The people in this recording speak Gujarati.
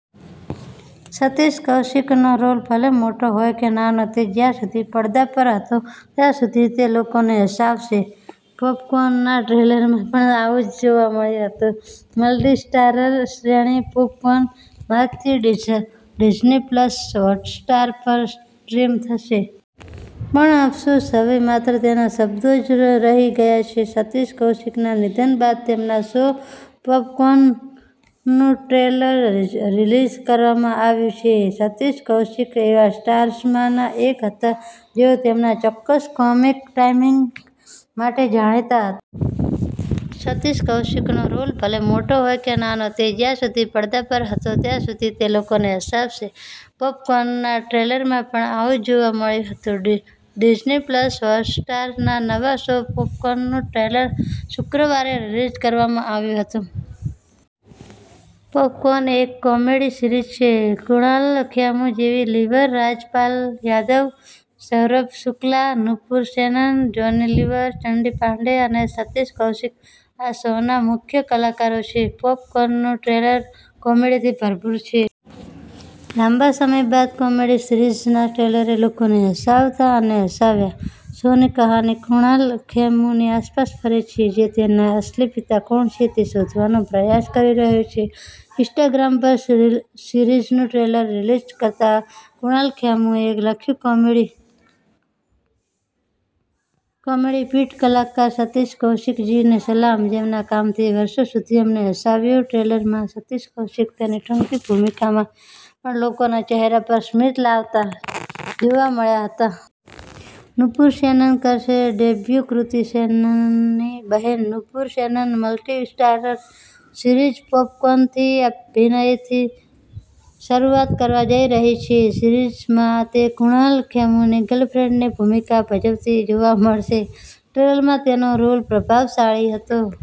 સતીશ કૌશિકનો રોલ ભલે મોટો હોય કે નાનો, તે જ્યાં સુધી પડદા પર હતો ત્યાં સુધી તે લોકોને હસાવશે. 'પૉપ કૌન'ના ટ્રેલરમાં પણ આવું જ જોવા મળ્યું હતું. મલ્ટી-સ્ટારર શ્રેણી 'પોપ કૌન' માર્ચથી ડિઝની પ્લસ હોટસ્ટાર પર સ્ટ્રીમ થશે. પણ અફસોસ, હવે માત્ર તેના શબ્દો જ રહી ગયા છે. સતીશ કૌશિકના નિધન બાદ તેમના શો 'પૉપ કૌન'નું ટ્રેલર રિલીઝ કરવામાં આવ્યું છે. સતીશ કૌશિક એવા સ્ટાર્સમાંના એક હતા જેઓ તેમના ચોક્કસ કોમિક ટાઇમિંગ માટે જાણીતા હતા. સતીશ કૌશિકનો રોલ ભલે મોટો હોય કે નાનો, તે જ્યાં સુધી પડદા પર હતો ત્યાં સુધી તે લોકોને હસાવશે. 'પૉપ કૌન'ના ટ્રેલરમાં પણ આવું જ જોવા મળ્યું હતું. ડિઝની પ્લસ હોટસ્ટારના નવા શો 'પૉપ કૌન'નું ટ્રેલર શુક્રવારે રિલીઝ કરવામાં આવ્યું હતું. 'પોપ કૌન' એક કોમેડી સિરીઝ છે. કુણાલ ખેમુ, જેમી લીવર, રાજપાલ યાદવ, સૌરભ શુક્લા, નુપુર સેનન, જોની લીવર, ચંકી પાંડે અને સતીશ કૌશિક આ શોના મુખ્ય કલાકારો છે. 'પૉપ કૌન'નું ટ્રેલર કોમેડીથી ભરપૂર છે. લાંબા સમય બાદ કોમેડી સિરીઝના ટ્રેલરે લોકોને હસાવતા અને હસાવ્યા. શોની કહાની કુણાલ ખેમુની આસપાસ ફરે છે, જે તેના અસલી પિતા કોણ છે તે શોધવાનો પ્રયાસ કરી રહ્યો છે. ઇન્સ્ટાગ્રામ પર સિરીઝનું ટ્રેલર રિલીઝ કરતાં કુણાલ ખેમુએ લખ્યું, કોમેડી પીઢ કલાકાર સતીશ કૌશિકજીને સલામ, જેમના કામથી વર્ષો સુધી અમને હસાવ્યું ટ્રેલરમાં, સતીશ કૌશિક તેની ટૂંકી ભૂમિકામાં પણ લોકોના ચહેરા પર સ્મિત લાવતા જોવા મળ્યા હતા. નુપુર સેનન કરશે ડેબ્યૂ કૃતિ સેનનની બહેન Nupur Sanon multi starrer series 'Pop કૌન'થી અભિનયની શરૂઆત કરવા જઈ રહી છે. સીરિઝમાં તે કુણાલ ખેમુની ગર્લફ્રેન્ડની ભૂમિકા ભજવતી જોવા મળશે. ટ્રેલરમાં તેનો રોલ પ્રભાવશાળી હતો.